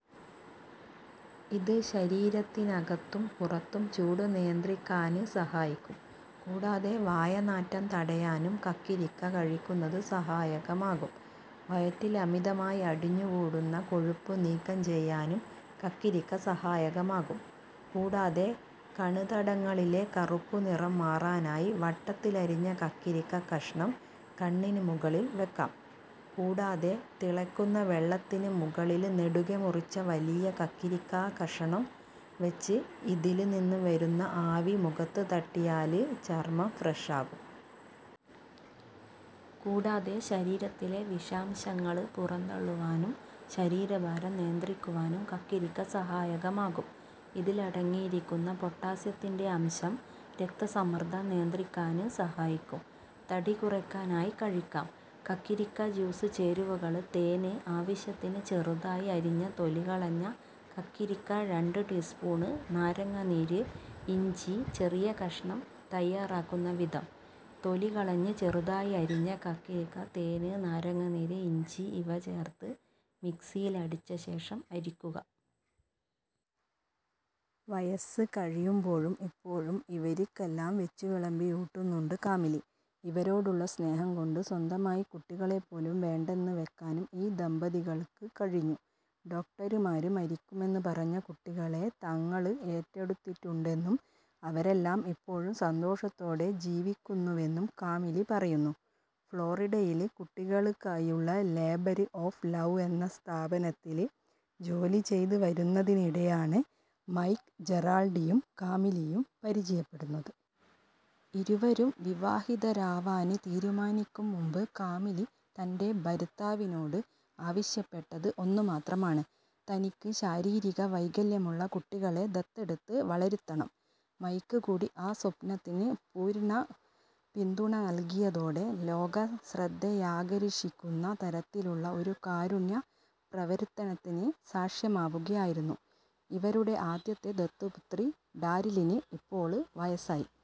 ഇത് ശരീരത്തിനകത്തും പുറത്തും ചൂട് നിയന്ത്രിക്കാന് സഹായിക്കും. കൂടാതെ വായനാറ്റം തടയാനും കക്കിരിക്ക കഴിക്കുന്നത് സഹായകമാകും. വയറ്റില് അമിതമായി അടിഞ്ഞു കൂടുന്ന കൊഴുപ്പ് നീക്കം ചെയ്യാനും കക്കിരിക്ക സഹായകമാകും. കൂടാതെ കണ്തടങ്ങളിലെ കറുപ്പ് നിറം മാറാനായി വട്ടത്തിലരിഞ്ഞ കക്കിരക്ക കഷ്ണം കണ്ണിന് മുകളില് വെക്കാം. കൂടാതെ തിളയ്ക്കുന്ന വെള്ളത്തിന് മുകളില് നെടുകെ മുറിച്ച വലിയ കക്കിരിക്കാ കഷ്ണം വെച്ച് ഇതില് നിന്ന് വരുന്ന ആവി മുഖത്ത് തട്ടിയാല് ചര്മ്മം ഫ്രഷ് ആകും. കൂടാതെ ശരീരത്തിലെ വിഷാംശങ്ങള് പുറന്തളളുവാനും ശരീരഭാരം നിയന്ത്രിക്കുവാനും കക്കിരക്ക സഹായകമാകും. ഇതിലടങ്ങിയിരിക്കുന്ന പൊട്ടാസ്യത്തിന്റെ അംശം രക്തസമ്മര്ദ്ദം നിയന്ത്രിക്കാന് സഹായിക്കും. തടികുറയ്ക്കാനായി കഴിക്കാം കക്കിരിക്ക ജ്യൂസ് ചേരുവകള് തേന് ആവശ്യത്തിന് ചെറുതായി അരിഞ്ഞ തൊലി കളഞ്ഞ കക്കിരിക്ക രണ്ട് ടീസ്പൂണ് നാരങ്ങനീര് ഇഞ്ചി ചെറിയ കഷ്ണം തയ്യാറാക്കുന്ന വിധം തൊലി കളഞ്ഞ് ചെറുതായി അരിഞ്ഞ കക്കിരക്ക, തേന്, നാരങ്ങനീര്, ഇഞ്ചി ഇവ ചേര്ത്ത് മിക്സിയില് അടിച്ച ശേഷം അരിക്കുക. വയസ് കഴിയുമ്പോഴും ഇപ്പോഴും ഇവര്ക്കെല്ലാം വെച്ചുവിളമ്പി ഊട്ടുന്നുണ്ട് കാമിലി. ഇവരോടുള്ള സ്നേഹം കൊണ്ട് സ്വന്തമായി കുട്ടികളെ പോലും വേണ്ടന്ന് വെക്കാനും ഈ ദമ്പതികള്ക്ക് കഴിഞ്ഞു. ഡോക്ടര്മാര് മരിക്കുമെന്ന് പറഞ്ഞ കുട്ടികളെ തങ്ങള് ഏറ്റെടുത്തിട്ടുണ്ടെന്നും അവരെല്ലാം ഇപ്പോഴും സന്തോഷത്തോടെ ജീവിക്കുന്നുവെന്നും കാമിലി പറയുന്നു. ഫ്ളോറിഡയില് കുട്ടികള്ക്കായുള്ള ലേബര് ഓഫ് ലൗ എന്ന സ്ഥാപനത്തില് ജോലി ചെയ്ത് വരുന്നതിനിടെയാണ് മൈക്ക് ജെറാള്ഡിയും കാമിലിയും പരിചയപ്പെടുന്നത്. ഇരുവരും വിവാഹിതരാവാന് തീരുമാനിക്കും മുമ്പ് കാമിലി തന്റെ ഭര്ത്താവിനോട് ആവശ്യപ്പെട്ടത് ഒന്നുമാത്രമാണ്. തനിക്ക് ശാരീരിക വൈകല്യമുള്ള കുട്ടികളെ ദത്തെടുത്ത് വളര്ത്തണം. മൈക്ക് കൂടി ആ സ്വപ്നത്തിന് പൂര്ണ പിന്തുണ നല്കിയതോടെ ലോക ശ്രദ്ധയാകര്ഷിക്കുന്ന തരത്തിലുള്ള ഒരു കാരുണ്യ പ്രവര്ത്തനത്തിന് സാക്ഷ്യമാവുകയായിരുന്നു. ഇവരുടെ ആദ്യത്തെ ദത്തുപുത്രി ഡാര്ലിന് ഇപ്പോള് വയസായി.